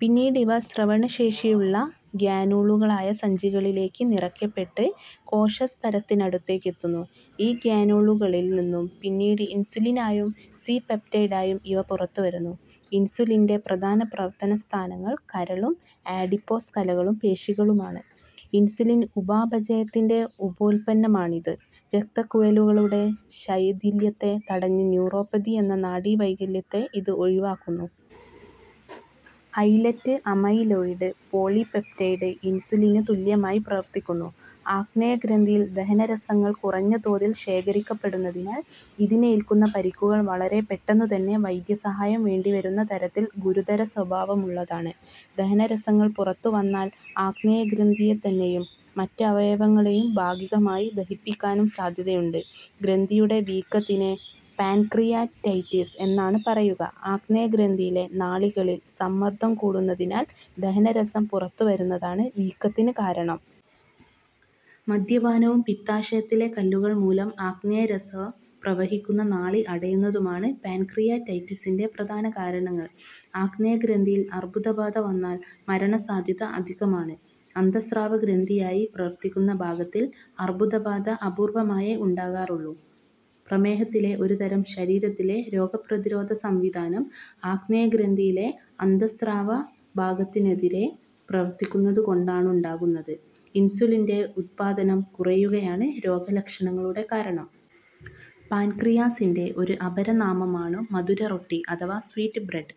പിന്നീട് ഇവ സ്രവണശേഷിയുള്ള ഗ്രാന്യൂളുകളായ സഞ്ചികളിലേയ്ക്ക് നിറയ്ക്കപ്പെട്ട് കോശസ്തരത്തിനടുത്തേയ്ക്കെത്തുന്നു. ഈ ഗ്രാന്യൂളുകളിൽ നിന്നും പിന്നീട് ഇൻസുലിനായും സി-പെപ്റ്റൈഡായും ഇവ പുറത്തുവരുന്നു. ഇൻസുലിന്റെ പ്രധാന പ്രവർത്തന സ്ഥാനങ്ങൾ കരളും ആഡിപ്പോസ് കലകളും പേശികളുമാണ്. ഇൻസുലിൻ ഉപാപചയത്തിന്റെ ഉപോൽപ്പന്നമാണിത്. രക്തക്കുഴലുകളുടെ ശൈഥില്യത്തെ തടഞ്ഞ് ന്യൂറോപ്പതി എന്ന നാഡീവൈകല്യത്തെ ഇത് ഒഴിവാക്കുന്നു. ഐലറ്റ് അമൈലോയിഡ് പോളിപെപ്റ്റൈഡ് ഇൻസുലിന് തുല്യമായി പ്രവർത്തിക്കുന്നു. ആഗ്നേയഗ്രന്ഥിയിൽ ദഹനരസങ്ങൾ കുറഞ്ഞ തോതിൽ ശേഘരിക്കപ്പെടുന്നതിനാൽ ഇതിനേൽക്കുന്ന പരിക്കുകൾ വളരെ പെട്ടെന്നുതന്നെ വൈദ്യസഹായം വേണ്ടിവരുന്നതരത്തിൽ ഗുരുതരസ്വഭാവമുള്ളതാണ്. ദഹനരസങ്ങൾ പുറത്തുവന്നാൽ ആഗ്നേയഗ്രന്ഥിയെത്തെന്നെയും മറ്റവയവങ്ങളെയും ഭാഗികമായി ദഹിപ്പിക്കാനും സാദ്ധ്യതയുണ്ട്. ഗ്രന്ഥിയുടെ വീക്കത്തിനെ പാൻക്രിയാറ്റൈറ്റിസ് എന്നാണ് പറയുക. ആഗ്നേയഗ്രന്ഥിയിലെ നാളികളിൽ സമ്മർദ്ദം കൂടുന്നതിനാൽ ദഹനരസം പുറത്തു വരുന്നതാണ് വീക്കത്തിന് കാരണം. മദ്യപാനവും പിത്താശയത്തിലെ കല്ലുകൾ മൂലം ആഗ്നേയരസം പ്രവഹിക്കുന്ന നാളി അടയുന്നതുമാണ് പാൻക്രിയാറ്റൈറ്റിസിന്റെ പ്രധാന കാരണങ്ങൾ. ആഗ്നേയഗ്രന്ഥിയിൽ അർബുദബാധ വന്നാൽ മരണസാദ്ധ്യത അധികമാണ്. അന്തഃസ്രാവഗ്രന്ഥിയായി പ്രവർത്തിക്കുന്ന ഭാഗത്തിൽ അർബുദബാധ അപൂർവമായേ ഉണ്ടാകാറുള്ളൂ. പ്രമേഹത്തിലെ ഒരുതരം ശരീരത്തിലെ രോഗപ്രതിരോധസംവിധാനം ആഗ്നേയഗ്രന്ഥിയിലെ അന്തഃസ്രാവഭാഗത്തിനെതിരേ പ്രവർത്തിക്കുന്നതുകൊണ്ടാണുണ്ടാകുന്നത്. ഇൻസുലിന്റെ ഉത്പാദനം കുറയുകയാണ് രോഗലക്ഷണങ്ങളുടെ കാരണം. പാൻക്രിയാസിന്റെ ഒരു അപരനാമമാണു് മധുര റൊട്ടി അഥവാ സ്വീറ്റ് ബ്രെഡ്.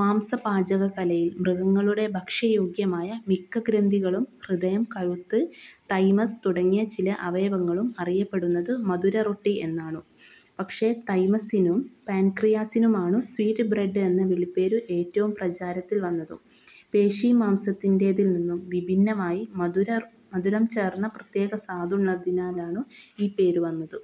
മാംസപാചകകലയിൽ മൃഗങ്ങളുടെ ഭക്ഷ്യയോഗ്യമായ മിക്ക ഗ്രന്ഥികളും ഹൃദയം, കഴുത്ത്, തൈമസ് തുടങ്ങിയ ചില അവയവങ്ങളും അറിയപ്പെടുന്നതു് മധുരറൊട്ടി എന്നാണു്. പക്ഷേ, തൈമസ്സിനും പാൻക്രിയാസിനുമാണു് സ്വീറ്റ് ബ്രെഡ് എന്ന വിളിപ്പേരു് ഏറ്റവും പ്രചാരത്തിൽ വന്നതു്. പേശീമാംസത്തിന്റേതിൽ നിന്നും വിഭിന്നമായി, മധുരം മധുരം ചേർന്ന പ്രത്യേക സ്വാദുള്ളതിനാലാണു് ഈ പേരു വന്നതു്.